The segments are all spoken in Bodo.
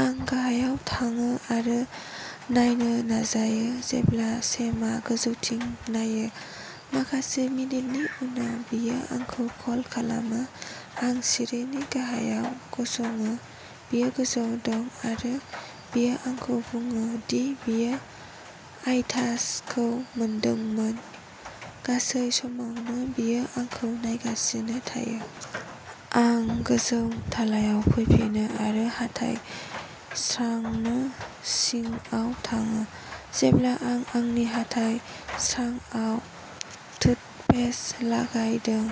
आं गाहायाव थाङो आरो नायनो जागायो जेब्ला सेमआ गोजौथिं नायो। माखासे मिनिटनि उनाव, बियो आंखौ कल खालामो। आं सिरिनि गाहायाव गसङो, बियो गोजौआव दं, आरो बियो आंखौ बुङो दि बियो आइटासखौ मोनदोंमोन। गासै समावनो, बियो आंखौ नायगासिनो थायो। आं गोजौ थालायाव फैफिनो, आरो हाथाइ स्रांनो सिंकआव थाङो। जेब्ला आं आंनि हाथाइ स्रांआव टूथपेस्ट लागायदों,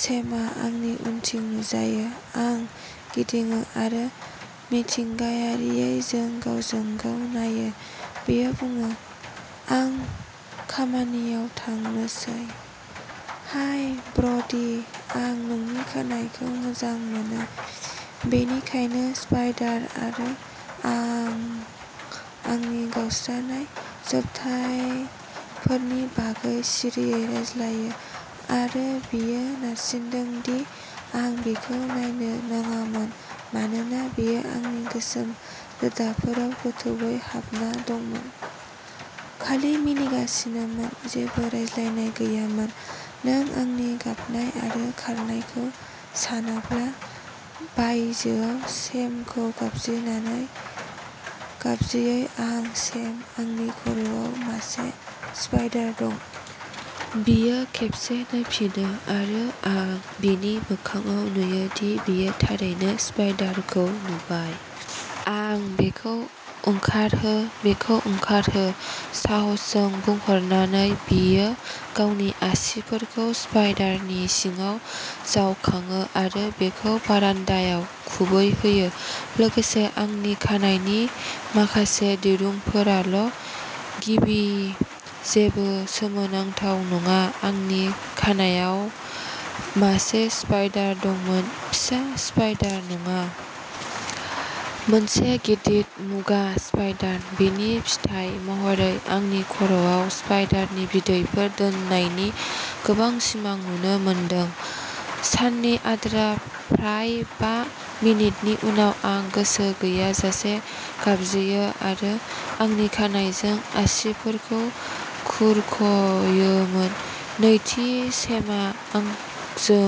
सेमआ आंनि उनथिं नुजायो। आं गिदिङो, आरो मिथिंगायारियै, जों गावजों गाव नायो। बियो बुङो, "आं खामानियाव थांनोसै। हाय ब्र'डी! आं नोंनि खानाइखौ मोजां मोनो। बेनिखायनो, स्पाइडार आरो आं आंनि गावस्रानाय जोबथायफोरनि बागै सिरियै रायज्लायो, आरो बियो नारसिनदों दि आं बिखौ नायनो नाङामोन मानोना बियो आंनि गोसोम रोदाफोराव गोथौवै हाबना दंमोन। खालि मिनिगासिनोमोन। जेबो रायज्लायनाय गैयामोन। नों आंनि गाबनाय आरो खारनायखौ सानाब्ला। बायजोआव, सेमखौ गाबज्रिनानै गाबज्रियो। आंः "सेम! आंनि खर'आव मासे स्पाइडार दं! " बियो खेबसे नायफिनो, आरो आं बिनि मोखांआव नुयो दि बियो थारैनो स्पाइडारखौ नुबाय। आंः "बेखौ ओंखारहो! बेखौ ओंखारहो! " साहसजों बुंहरनानै, बियो गावनि आसिफोरखौ स्पाइडारनि सिङाव जावखाङो, आरो बेखौ बारान्दाआव खुबैहोयो, लोगोसे आंनि खानाइनि माखासे दिरुंफोरल'। गिबि-जेबो सोमोनांथाव नङा-आंनि खानायाव मासे स्पाइडार दंमोन। फिसा स्पाइडार नङा। मोनसे गिदिर मुगा स्पाइडार। बेनि फिथाय महरै आंनि खर'आव स्पाइडारनि बिदैफोर दोननायनि गोबां सिमां नुनो मोनदों। साननि आद्रा, फ्राय बा मिनिटनि उनाव, आं गोसो गैयाजासे गाबज्रियो आरो आंनि खानाइजों आसिफोरखौ खुरख'योमोन। नैथि, सेमआ आंजों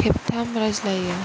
खेबथाम रायज्लायो।